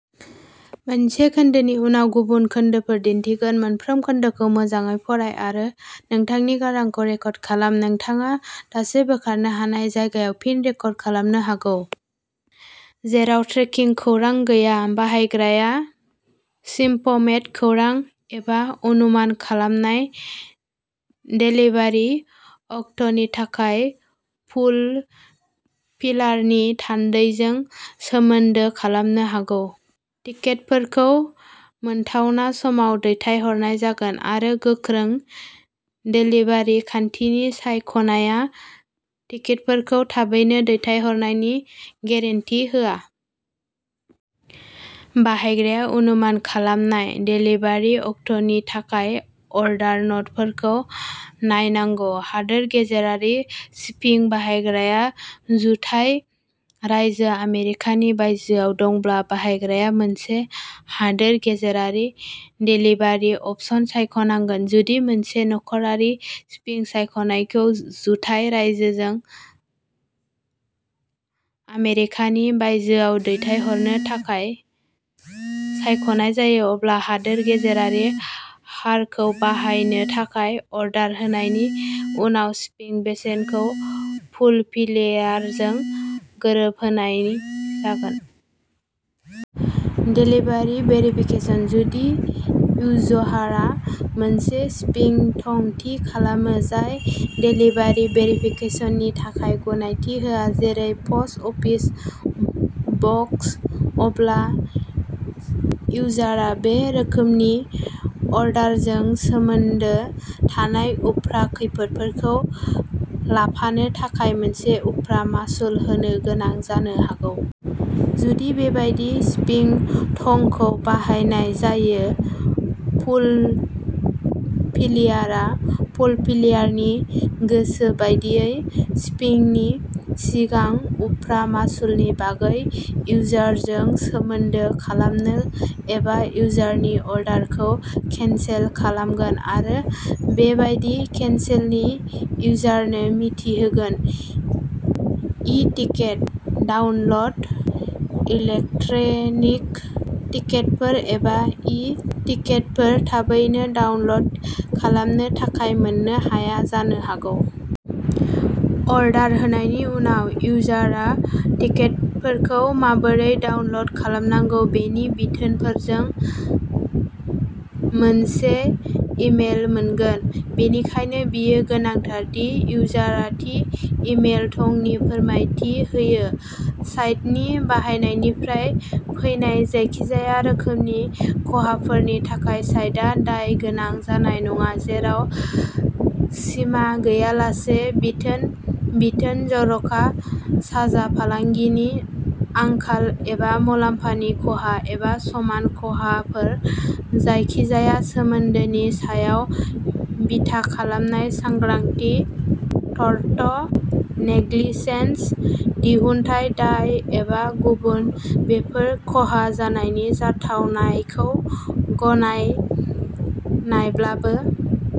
जेराव ट्रेकिं खौरां गैया, बाहायग्राया शिपमेन्ट खौरां एबा अनुमान खालामनाय देलिभारि अक्ट'नि थाखाय फुलफिलारनि थान्दैजों सोमोन्दो खालामनो हागौ। टिकेटफोरखौ मोनथावना समाव दैथायहरनाय जागोन, आरो गोख्रै देलिभारि खान्थिनि सायख'नाया टिकेटफोरखौ थाबैनो दैथायहरनायनि गेरेन्टि होआ। बाहायग्राया अनुमान खालामनाय देलिभारि अक्ट'नि थाखाय अर्डार न'टफोरखौ नायनांगौ। हादोर गेजेरारि शिपिं। बाहायग्राया जुथाइ रायजो आमेरिकानि बायजोआव दङब्ला, बाहायग्राया मोनसे हादोर गेजेरारि देलिभारि अपसन सायख'नांगोन। जुदि मोनसे नखरारि शिपिं सायख'नायखौ जुथाइ रायजो आमेरिकानि बायजोआव दैथायहरनो थाखाय सायख'नाय जायो, अब्ला हादोर गेजेरारि हारखौ बाहायनो थाखाय अर्डार होनायनि उनाव शिपिं बेसेनखौ फुलफिलारजों गोरोबहोनाय जागोन। Delivery verification. जुदि इउजारआ मोनसे शिपिं थं थि खालामो जाय देलिभारि भेरिफिकेसननि थाखाय गनायथि होआ, जेरै पस्ट अफिस बक्स, अब्ला इउजारआ बे रोखोमनि अर्डारजों सोमोन्दो थानाय उफ्रा खैफोदफोरखौ लाफानो थाखाय मोनसे उफ्रा मासुल होनो गोनां जानो हागौ। जुदि बेबादि शिपिं थंखौ बाहायनाय जायो, फुलफिलारआ फुलफिलारनि गोसो बादियै, शिपिंनि सिगां उफ्रा मासुलनि बागै इउजारजों सोमोन्दो खालामगोन एबा इउजारनि अर्डारखौ केन्सेल खालामगोन आरो बेबादि केन्सेलनि इउजारनो मिथिहोगोन। E ticket download. इलेक्ट्रनिक टिकेटफोर एबा "इ-टिकेटफोर" थाबैनो डाउनल'ड खालामनो थाखाय मोन्नो हाया जानो हागौ। अर्डार होनायनि उनाव, इउजारआ टिकेटफोरखौ माबोरै डाउनल'ड खालामनांगौ बेनि बिथोनफोरजों मोनसे इमेल मोनगोन; बेनिखायनो, बेयो गोनांथार दि इउजारआ थि इमेल थंनि फोरमायथि होयो। साइटनि बाहायनायनिफ्राय फैनाय जायखिजाया रोखोमनि खहाफोरनि थाखाय साइटआ दाय गोनां जानाय नङा, जेराव सिमा गैयालासे बिथोन, बिथोन, जर'खा, साजा, फालांगिनि आंखाल, एबा मुलाम्फानि खहा, एबा समान खहाफोर, जायखिजाया सोमोन्दोनि सायाव बिथा खालामनाय, सांग्रांथि, टर्ट, नेग्लिजेन्स, दिहुनथाय दाय एबा गुबुन, बेफोर खहा जानायनि जाथावनाखौ गनायनायब्लाबो।